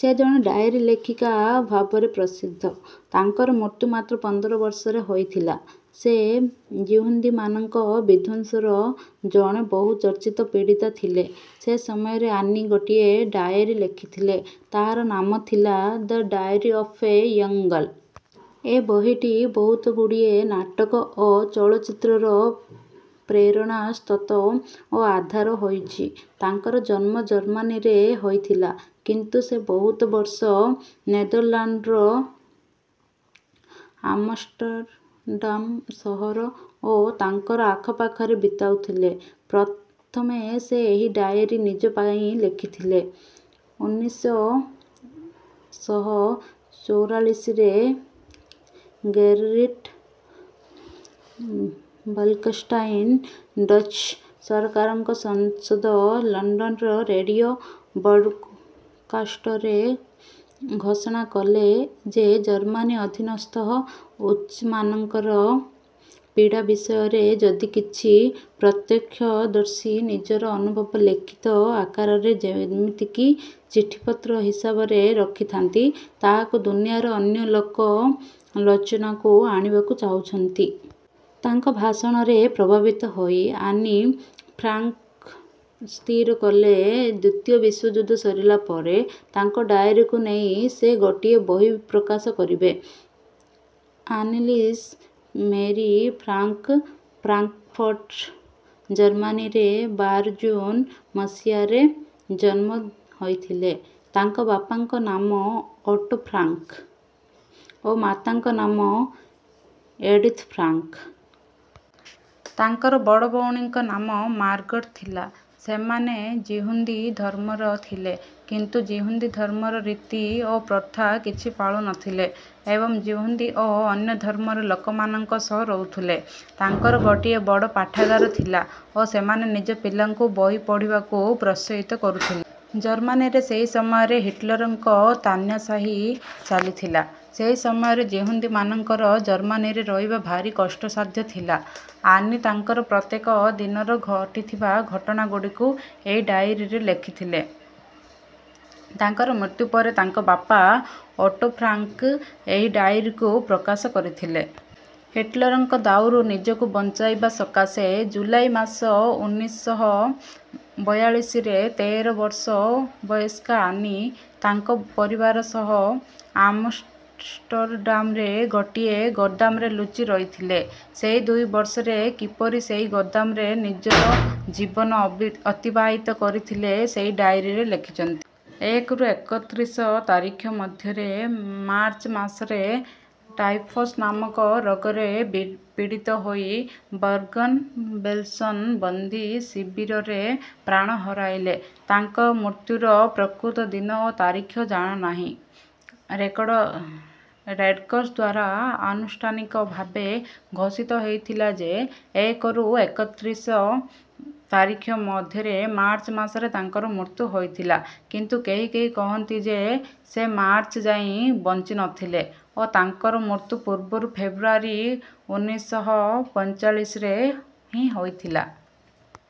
ସେ ଜଣେ ଡାଏରୀ ଲେଖିକା ଭାବେ ପ୍ରସିଦ୍ଧ। ତାଙ୍କର ମୃତ୍ୟୁ ମାତ୍ର ପନ୍ଦର ବର୍ଷରେ ହୋଇଥିଲା। ସେ ଯିହୁଦୀମାନଙ୍କ ବିଧ୍ୱଂସର ଜଣେ ବହୁ ଚର୍ଚ୍ଚିତ ପୀଡ଼ିତା ଥିଲେ। ସେ ସମୟରେ ଆନି ଗୋଟିଏ ଡାଏରୀ ଲେଖିଥିଲେ ତାହାର ନାମ ଥିଲା the diary of a young girl. ଏହି ବହିଟି ବହୁତଗୁଡ଼ିଏ ନାଟକ ଓ ଚଳଚ୍ଚିତ୍ରର ପ୍ରେରଣାସ୍ରୋତ ଓ ଆଧାର ହୋଇଛି। ତାଙ୍କର ଜନ୍ମ ଜର୍ମାନୀରେ ହୋଇଥିଲା କିନ୍ତୁ ସେ ବହୁତ ବର୍ଷ ନେଦରଲ୍ୟାଣ୍ଡସର ଆମଷ୍ଟରଡାମ ସହର ଓ ତାହାର ଆଖପାଖରେ ବିତାଉଥିଲେ। ପ୍ରଥମେ ସେ ଏହି ଡାଏରୀ ନିଜ ପାଇଁ ଲେଖିଥିଲେ। ଉନ୍ନିଶ ଶହ ଚୌରାଳିଶରେ ଗେରରିଟ ବୋଲକେଷ୍ଟାଇନ ଡଚ ସରକାରଙ୍କ ସଦସ୍ୟ ଲଣ୍ଡନର ରେଡିଓ ବ୍ରଡକାଷ୍ଟରେ ଘୋଷଣା କଲେ ଯେ ଜର୍ମାନ ଅଧୀନସ୍ଥ ଡଚମାନଙ୍କ ପୀଡ଼ା ବିଷୟରେ ଯଦି କିଛି ପ୍ରତ୍ୟକ୍ଷଦର୍ଶୀ ନିଜର ଅନୁଭବ ଲିଖିତ ଆକାରରେ ଯେମିତି କି ଚିଠିପତ୍ର ହିସାବରେ ରଖିଛନ୍ତି ତାହାକୁ ଦୁନିଆର ଅନ୍ୟ ଲୋକଲୋଚନକୁ ଆଣିବାକୁ ଚାହୁଁଛନ୍ତି। ତାଙ୍କ ଭାଷଣରେ ପ୍ରଭାବିତ ହୋଇ ଆନି ଫ୍ରାଙ୍କ ସ୍ଥିର କଲେ ଦ୍ୱିତୀୟ ବିଶ୍ୱଯୁଦ୍ଧ ସରିଲା ପରେ ତାଙ୍କ ଡାଏରୀକୁ ନେଇ ସେ ଗୋଟିଏ ବହି ପ୍ରକାଶ କରିବେ। ଆନିଲିସ ମେରୀ ଫ୍ରାଙ୍କ ଫ୍ରାଙ୍କଫର୍ଟ ଜର୍ମାନୀରେ ବାର ଜୁନ ମସିହାରେ ଜନ୍ମ ହୋଇଥିଲେ। ତାଙ୍କ ବାପାଙ୍କ ନାମ ଓଟୋ ଫ୍ରାଙ୍କ ଓ ମାତାଙ୍କ ନାମ ଏଡିଥ ଫ୍ରାଙ୍କ। ତାଙ୍କର ବଡ଼ ଭଉଣୀଙ୍କ ନାମ ମାର୍ଗଟ ଥିଲା। ସେମାନେ ଯିହୁଦୀ ଧର୍ମର ଥିଲେ କିନ୍ତୁ ଯିହୁଦୀ ଧର୍ମର ରୀତି ଓ ପ୍ରଥା କିଛି ପାଳୁ ନଥିଲେ ଏବଂ ଯିହୁଦୀ ଓ ଅନ୍ୟ ଧର୍ମର ଲୋକମାନଙ୍କ ସହ ରହୁଥିଲେ। ତାଙ୍କର ଗୋଟିଏ ବଡ଼ ପାଠାଗାର ଥିଲା ଓ ସେମାନେ ନିଜ ପିଲାଙ୍କୁ ବହି ପଢ଼ିବାକୁ ପ୍ରୋତ୍ସାହିତ କରୁଥିଲେ। ଜର୍ମାନୀରେ ସେହି ସମୟରେ ହିଟଲରଙ୍କ ତାନ୍ନାଶାହୀ ଚାଲିଥିଲା। ସେହି ସମୟରେ ଯିହୁଦୀମାନଙ୍କର ଜର୍ମାନୀରେ ରହିବା ଭାରି କଷ୍ଟସାଧ୍ୟ ଥିଲା। ଆନି ତାଙ୍କର ପ୍ରତ୍ୟେକ ଦିନର ଘଟିଥିବା ଘଟଣାଗୁଡ଼ିକୁ ଏହି ଡାଏରୀରେ ଲେଖିଥିଲେ। ତାଙ୍କର ମୃତ୍ୟୁ ପରେ ତାଙ୍କ ବାପା ଓଟୋ ଫ୍ରାଙ୍କ ଏହି ଡାଏରୀକୁ ପ୍ରକାଶ କରିଥିଲେ। ହିଟଲରଙ୍କ ଦାଉରୁ ନିଜକୁ ବଞ୍ଚାଇବା ସକାଶେ ଜୁଲାଇ ମାସ ଉନ୍ନିଶ ଶହ ବୟାଳିଶରେ ତେର ବର୍ଷ ବୟସ୍କା ଆନି ତାଙ୍କ ପରିବାର ସହ ଆମଷ୍ଟରଡାମର ଗୋଟିଏ ଗୋଦାମରେ ଲୁଚି ରହିଥିଲେ। ସେହି ଦୁଇ ବର୍ଷ ସେ କିପରି ସେହି ଗୋଦାମରେ ନିଜର ଜୀବନ ଅତିବାହିତ କରିଥିଲେ ସେହି ଡାଏରୀରେ ଲେଖିଛନ୍ତି। ଏକରୁ ଏକ୍ଷତ୍ରିଶ ତାରିଖ ମଧ୍ୟରେ ମାର୍ଚ୍ଚ ମାସରେ ଟାଇଫସ ନାମକ ରୋଗରେ ପୀଡ଼ିତ ହୋଇ ବର୍ଗନ ବେଲସନ ବନ୍ଦୀ ଶିବିରରେ ପ୍ରାଣ ହରାଇଲେ। ତାଙ୍କ ମୃତ୍ୟୁର ପ୍ରକୃତ ଦିନ ଓ ତାରିଖ ଜଣାନାହିଁ। ରେଡକ୍ରସ ଦ୍ୱାରା ଆନୁଷ୍ଠାନିକ ଭାବେ ଘୋଷିତ ହୋଇଥିଲା ଯେ ଏକରୁ ଏକ୍ଷତ୍ରିଶ ତାରିଖ ମଧ୍ୟରେ ମାର୍ଚ୍ଚ ମାସରେ ତାଙ୍କର ମୃତ୍ୟୁ ହୋଇଥିଲା କିନ୍ତୁ କେହି କେହି କହନ୍ତି ଯେ ସେ ମାର୍ଚ୍ଚ ଯାଏଁ ବଞ୍ଚି ନଥିଲେ ଓ ତାଙ୍କର ମୃତ୍ୟୁ ପୂର୍ବରୁ ଫେବୃଆରୀ ଉନ୍ନିଶ ଶହ ପଞ୍ଚଚାଳିଶରେ ହିଁ ହୋଇଥିଲା।